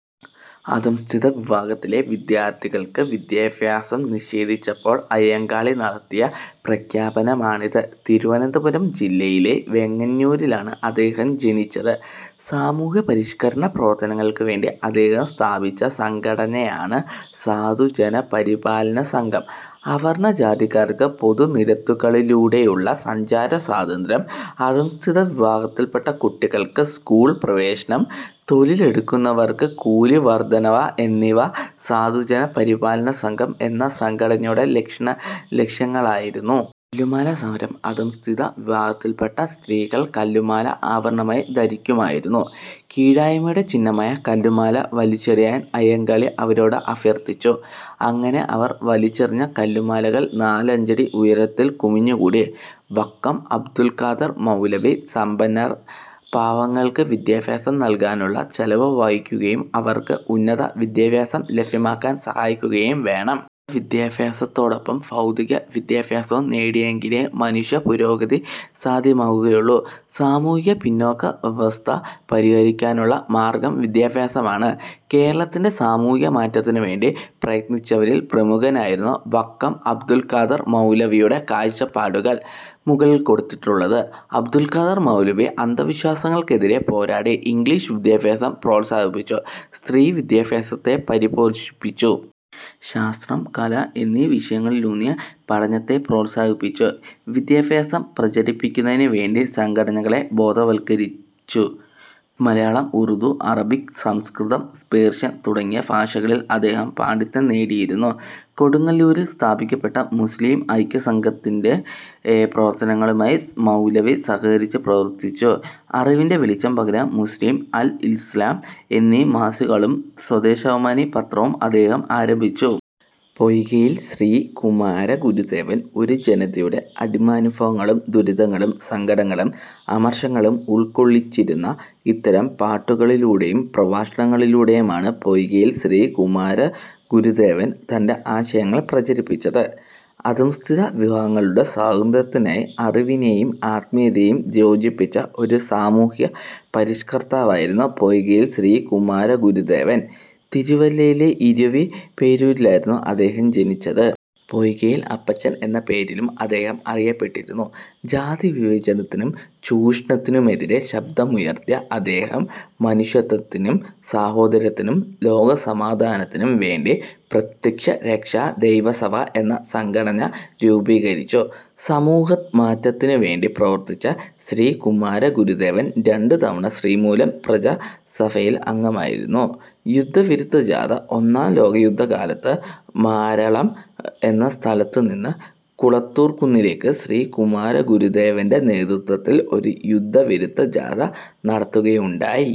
" അധഃസ്ഥിത വിഭാഗത്തിലെ വിദ്യാർത്ഥികൾക്ക് വിദ്യാഭ്യാസം നിഷേധിച്ചപ്പോൾ അയ്യങ്കാളി നടത്തിയ പ്രഖ്യാപനമാണിത്. തിരുവനന്തപുരം ജില്ലയിലെ വെങ്ങാനൂരിലാണ് അദ്ദേഹം ജനിച്ചത്. സാമൂഹ്യപരിഷ്കരണ പ്രവർത്തനങ്ങൾക്കുവേണ്ടി അദ്ദേഹം സ്ഥാപിച്ച സംഘടനയാണ് "സാധുജനപരിപാലനസംഘം". അവർണ്ണ ജാതിക്കാർക്ക് പൊതു നിരത്തുകളിലൂടെയുള്ള സഞ്ചാര സ്വാതന്ത്ര്യം, അധഃസ്ഥിത വിഭാഗത്തിൽപ്പെട്ട കുട്ടികൾക്ക് സ്കൂൾ പ്രവേശനം, തൊഴിലെടുക്കുന്നവർക്ക് കൂലി വർദ്ധന എന്നിവ സാധുജനപരിപാലനസംഘം എന്ന സംഘടനയുടെ ലക്ഷ്യങ്ങളായിരുന്നു. കല്ലുമാല സമരം അധഃസ്ഥിത വിഭാഗത്തിൽപ്പെട്ട സ്ത്രീകൾ കല്ലുമാല ആഭരണമായി ധരിkkumayirynnu കീഴായ്മയുടെ ചിഹ്നമായ കല്ലുമാല വലിച്ചെറിയാൻ അയ്യങ്കാളി അവരോട് അഭ്യർഥിച്ചു. അങ്ങനെ അവർ വലിച്ചെറിഞ്ഞ കല്ലുമാലകൾ നാലഞ്ചടി ഉയരത്തിൽ കുമിഞ്ഞുകൂടി. വക്കം അബ്ദുൽ ഖാദർ മൗലവി- സമ്പന്നർ പാവങ്ങൾക്ക് വിദ്യാഭ്യാസം നൽകാനുള്ള ചെലവ് വഹിക്കുകയും അവർക്ക് ഉന്നത വിദ്യാഭ്യാസം ലഭ്യമാക്കാൻ സഹായിക്കുകയും വേണം. വിദ്യാഭ്യാസത്തോടൊപ്പം ഭൗതിക വിദ്യാഭ്യാസവും നേടിയെങ്കിലേ മനുഷ്യ പുരോഗതി സാധ്യമാകുകയുള്ളൂ. സാമൂഹികമായ പിന്നാക്കാവസ്ഥ പരിഹരിക്കാനുള്ള മാർഗ്ഗം വിദ്യാഭ്യാസമാണ്. കേരളത്തിന്റെ സാമൂഹ്യമാറ്റത്തിനുവേണ്ടി പ്രയത്നിച്ചവരിൽ പ്രമുഖനായിരുന്ന വക്കം അബ്ദുൾ ഖാദർ മൗലവിയുടെ കാഴ്ചപ്പാടുകളാണ് മുകളിൽ കൊടുത്തിട്ടുള്ളത്. അബ്ദുൾ ഖാദർ മൗലവി അന്ധവിശ്വാസങ്ങൾക്കെതിരെ പോരാടി. ഇംഗ്ലീഷ് വിദ്യാഭ്യാസം പ്രോത്സാഹിപ്പിച്ചു. സ്ത്രീവിദ്യാഭ്യാസത്തെ പരിപോഷിപ്പിച്ചു. ശാസ്ത്രം, കല എന്നീ വിഷയങ്ങളിലൂന്നിയ പഠനത്തെ പ്രോത്സാഹിപ്പിച്ചു. വിദ്യാഭ്യാസം പ്രചരിപ്പിക്കുന്നതിനുവേണ്ടി സംഘടനകളെ ബോധവൽക്കരിച്ചു. മലയാളം, ഉറുദു, അറബിക്, സംസ്കൃതം, പേർഷ്യൻ തുടങ്ങിയ ഭാഷകളിൽ അദ്ദേഹം പാണ്ഡിത്യം നേടിയിരുന്നു. കൊടുങ്ങല്ലൂരിൽ സ്ഥാപിക്കപ്പെട്ട മുസ്ലീം ഐക്യ സംഘത്തിന്റെ പ്രവർത്തനങ്ങളുമായി മൗലവി സഹകരിച്ചു പ്രവർത്തിച്ചു. അറിവിന്റെ വെളിച്ചം പകരാൻ ""മുസ്ലീം', ""അൽ ഇസ്ലാം' എന്നീ മാസികകളും ""സ്വദേശാഭിമാനി' പത്രവും അദ്ദേഹം ആരംഭിച്ചു. പൊയ്കയിൽ ശ്രീ കുമാരഗുരുദേവൻ ഒരു ജനതയുടെ അടിമാനുഭവങ്ങളും ദുരിതങ്ങളും സങ്കടങ്ങളും അമർഷങ്ങളും ഉൾക്കൊള്ളിച്ചിരിന്ന ഇത്തരം പാട്ടുകളിലൂടെയും പ്രഭാഷണങ്ങളിലൂടെയുമാണ് പൊയ്കയിൽ ശ്രീ കുമാരഗുരുദേവൻ തന്റെ ആശയങ്ങൾ പ്രചരിപ്പിച്ചത്. അധഃസ്ഥിത വിഭാഗങ്ങളുടെ സ്വാതന്ത്ര്യത്തിനായി അറിവിനെയും ആത്മീയതയെയും യോജിപ്പിച്ച ഒരു സാമൂഹ്യപരിഷ്കർത്താവായിരുന്നു പൊയ്കയിൽ ശ്രീ കുമാരഗുരുദേവൻ. തിരുവല്ലയിലെ ഇരവിപേരൂരിലായിരുന്നു അദ്ദേഹം ജനിച്ചത്. പൊയ്കയിൽ അപ്പച്ചൻ എന്ന പേരിലും അദ്ദേഹം അറിയപ്പെട്ടിരുന്നു. ജാതിവിവേചനത്തിനും ചൂഷണത്തിനുമെതിരെ ശബ്ദമുയർത്തിയ അദ്ദേഹം മനുഷ്യത്തിനും സാഹോദര്യത്തിനും ലോക സമാധാനത്തിനും വേണ്ടി പ്രത്യക്ഷരക്ഷാദൈവ സഭ എന്ന സംഘടന രൂപീകരിച്ചു. സാമൂഹ്യ മാറ്റത്തിനുവേണ്ടി പ്രവർത്തിച്ച ശ്രീ കുമാരഗുരുദേവൻ രണ്ടു തവണ ശ്രീമൂലം പ്രജാസഭയിൽ അംഗമായി. യുദ്ധവിരുദ്ധ ജാഥ ഒന്നാം ലോകയുദ്ധ കാലത്ത് മാരളം എന്ന സ്ഥലത്തുനിന്ന് കുളത്തൂർകുന്നിലേക്ക് ശ്രീ കുമാരഗുരുദേവന്റെ നേതൃത്വത്തിൽ ഒരു യുദ്ധവിരുദ്ധ ജാഥ നടത്തുകയുണ്ടായി.